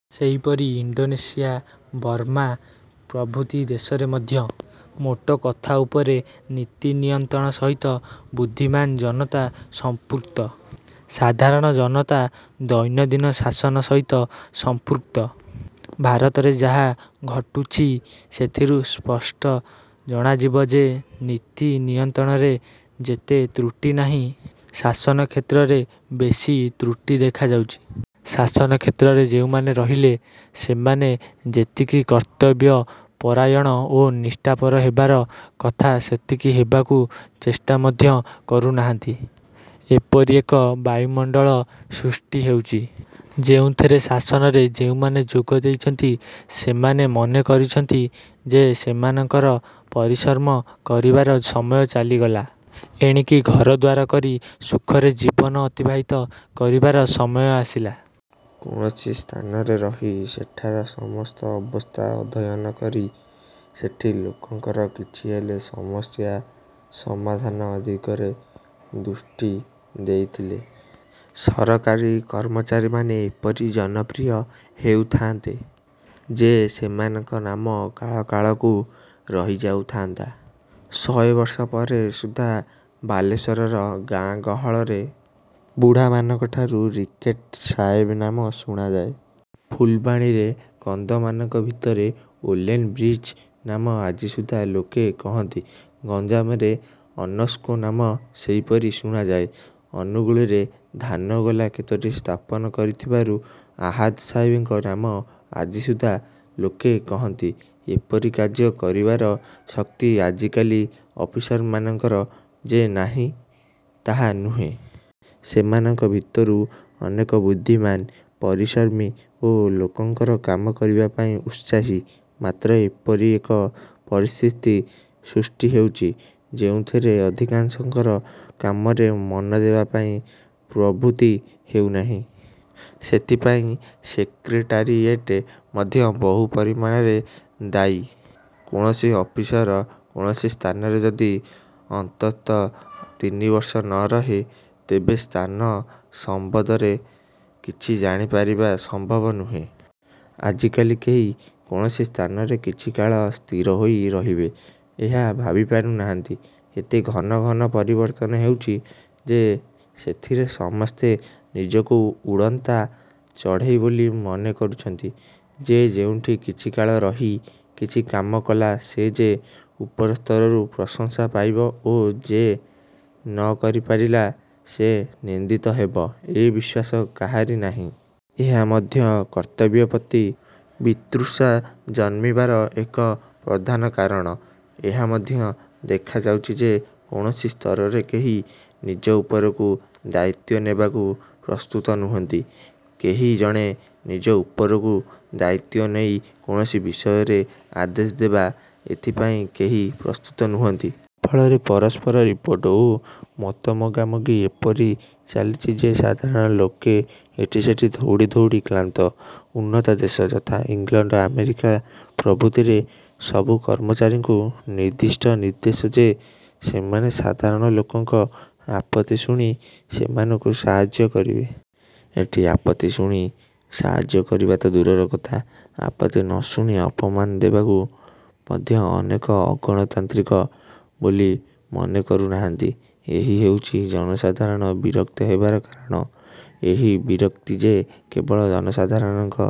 ସେହିପରି Indonesia, Burma ପ୍ରଭୃତି ଦେଶରେ ମଧ୍ୟ। ମୋଟ କଥା ଉପରେ ନୀତି ନିୟନ୍ତ୍ରଣ ସହିତ ବୁଦ୍ଧିମାନ ଜନତା ସଂପୃକ୍ତ। ସାଧାରଣ ଜନତା ଦୈନନ୍ଦିନ ଶାସନ ସହିତ ସଂପୃକ୍ତ। ଭାରତରେ ଯାହା ଘଟୁଛି ସେଥିରୁ ସ୍ପଷ୍ଟ ଜଣାଯିବ ଯେ ନୀତି ନିୟନ୍ତ୍ରଣରେ ଯେତେ ତ୍ରୁଟି ନାହିଁ, ଶାସନ କ୍ଷେତ୍ରରେ ବେଶି ତ୍ରୁଟି ଦେଖାଯାଉଛି। ଶାସନ କ୍ଷେତ୍ରରେ ଯେଉଁମାନେ ରହିଲେ, ସେମାନେ ଯେତିକି କର୍ତ୍ତବ୍ୟପରାୟଣ ଓ ନିଷ୍ଠାପର ହେବାର କଥା ସେତିକି ହେବାକୁ ଚେଷ୍ଟା ମଧ୍ୟ କରୁନାହାନ୍ତି। ଏପରି ଏକ ବାୟୁମଣ୍ଡଳ ସୃଷ୍ଟି ହୋଇଛି, ଯେଉଁଥିରେ ଶାସନରେ ଯେଉଁମାନେ ଯୋଗ ଦେଉଛନ୍ତି ସେମାନେ ମନେ କରୁଛନ୍ତି ଯେ ସେମାନଙ୍କର ପରିଶ୍ରମ କରିବାର ସମୟ ଚାଲିଗଲା, ଏଣିକି ଘରଦ୍ୱାର କରି ସୁଖରେ ଜୀବନ ଅତିବାହିତ କରିବାର ସମୟ ଆସିଲା। କୌଣସି ସ୍ଥାନରେ ରହି ସେଠାର ସମସ୍ତ ଅବସ୍ଥା ଅଧ୍ୟୟନ କରି ସେଠି ଲୋକଙ୍କର କିଛିହେଲେ ସମସ୍ୟା ସମାଧାନ ଦିଗରେ ଦୃଷ୍ଟି ଦେଇଥିଲେ, ସରକାରୀ କର୍ମଚାରୀମାନେ ଏପରି ଜନପ୍ରିୟ ହେଉଥାନ୍ତେ ଯେ ସେମାନଙ୍କ ନାମ କାଳକାଳକୁ ରହିଯାଉଥାନ୍ତା। ଶହେ ବର୍ଷ ପରେ ସୁଦ୍ଧା ବାଲେଶ୍ୱରର ଗାଁ ଗହଳରେ ବୁଢ଼ାମାନଙ୍କଠାରୁ ରିକେଟ ସାହେବ ନାମ ଶୁଣାଯାଏ। ଫୁଲବାଣୀରେ କନ୍ଧମାନଙ୍କ ଭିତରେ ଓଲେନ ବ୍ରିଚ ନାମ ଆଜିସୁଦ୍ଧା ଲୋକେ କହନ୍ତି। ଗଞ୍ଜାମରେ ଅନସ୍କୋ ନାମ ସେହିପରି ଶୁଣାଯାଏ। ଅନୁଗୁଳରେ ଧାନ ଗୋଲା କେତୋଟି ସ୍ଥାପନ କରିଥିବାରୁ ଆହାଦ ସାହେବଙ୍କ ନାମ ଆଜିସୁଦ୍ଧା ଲୋକେ କହନ୍ତି। ଏପରି କାର୍ଯ୍ୟ କରିବାର ଶକ୍ତି ଆଜିକାଲି ଅଫିସରମାନଙ୍କର ଯେ ନାହିଁ ତାହା ନୁହେଁ। ସେମାନଙ୍କ ଭିତରୁ ଅନେକ ବୁଦ୍ଧିମାନ, ପରିଶ୍ରମୀ ଓ ଲୋକଙ୍କର କାମ କରିବା ପାଇଁ ଉତ୍ସାହୀ; ମାତ୍ର ଏପରି ଏକ ପରିସ୍ଥିତି ସୃଷ୍ଟି ହୋଇଛି, ଯେଉଁଥିରେ ଅଧିକାଂଶଙ୍କର କାମରେ ମନ ଦେବାପାଇଁ ପ୍ରବୃତ୍ତି ହେଉନାହିଁ। ସେଥିପାଇଁ ସେକ୍ରେଟାରୀଏଟ ମଧ୍ୟ ବହୁ ପରିମାଣରେ ଦାୟୀ। କୌଣସି ଅଫିସର କୌଣସି ସ୍ଥାନରେ ଯଦି ଅନ୍ତତଃ ତିନିବର୍ଷ ନ ରହେ, ତେବେ ସ୍ଥାନ ସମ୍ବନ୍ଧରେ କିଛି ଜାଣିପାରିବା ସମ୍ଭବ ନୁହେଁ। ଆଜିକାଲି କେହି କୌଣସି ସ୍ଥାନରେ କିଛିକାଳ ସ୍ଥିର ହୋଇ ରହିବେ, ଏହା ଭାବିପାରୁନାହାନ୍ତି। ଏତେ ଘନ ଘନ ପରିବର୍ତ୍ତନ ହେଉଛି ଯେ ସେଥିରେ ସମସ୍ତେ ନିଜକୁ ଉଡ଼ନ୍ତା ଚଢ଼େଇ ବୋଲି ମନେ କରୁଛନ୍ତି। ଯେ ଯେଉଁଠି କିଛିକାଳ ରହି କିଛି କାମ କଲା ସେ ଯେ ଉପର ସ୍ତରରୁ ପ୍ରଶଂସା ପାଇବ ଓ ଯେ ନ କରିପାରିଲା ସେ ନିନ୍ଦିତ ହେବ- ଏ ବିଶ୍ୱାସ କାହାରି ନାହିଁ। ଏହା ମଧ୍ୟ କର୍ତ୍ତବ୍ୟ ପ୍ରତି ବିତୃଷ୍ଣା ଜନ୍ମିବାର ଏକ ପ୍ରଧାନ କାରଣ। ଏହା ମଧ୍ୟ ଦେଖାଯାଉଛି ଯେ କୌଣସି ସ୍ତରରେ କେହି ନିଜ ଉପରକୁ ଦାୟିତ୍ୱ ନେବାକୁ ପ୍ରସ୍ତୁତ ନୁହନ୍ତି। କେହି ଜଣେ ନିଜ ଉପରକୁ ଦାୟିତ୍ୱ ନେଇ କୌଣସି ବିଷୟରେ ଆଦେଶ ଦେବ, ଏଥିପାଇଁ କେହି ପ୍ରସ୍ତୁତ ନୁହନ୍ତି। ଫଳରେ ପରସ୍ପର ରିପୋର୍ଟ ଓ ମତ ମଗାମଗି ଏପରି ଚାଲିଛି ଯେ ସାଧାରଣ ଲୋକେ ଏଠିସେଠି ଦୌଡ଼ି ଦୌଡ଼ି କ୍ଳାନ୍ତ। ଉନ୍ନତ ଦେଶ, ଯଥା- ଇଂଲଣ୍ଡ, ଆମେରିକା ପ୍ରଭୃତିରେ ସବୁ କର୍ମଚାରୀଙ୍କୁ ନିର୍ଦ୍ଦିଷ୍ଟ ନିର୍ଦ୍ଦେଶ ଯେ ସେମାନେ ସାଧାରଣ ଲୋକଙ୍କ ଆପତ୍ତି ଶୁଣି ସେମାନଙ୍କୁ ସାହାଯ୍ୟ କରିବେ। ଏଠି ଆପତ୍ତି ଶୁଣି ସାହାଯ୍ୟ କରିବା ତ ଦୂରର କଥା, ଆପତ୍ତି ନ ଶୁଣି ଅପମାନ ଦେବାକୁ ମଧ୍ୟ ଅନେକେ ଅଗଣତାନ୍ତ୍ରିକ ବୋଲି ମନେ କରୁନାହାନ୍ତି। ଏହି ହେଉଛି ଜନସାଧାରଣ ବିରକ୍ତ ହେବାର କାରଣ। ଏହି ବିରକ୍ତି ଯେ କେବଳ ଜନସାଧାରଣଙ୍କ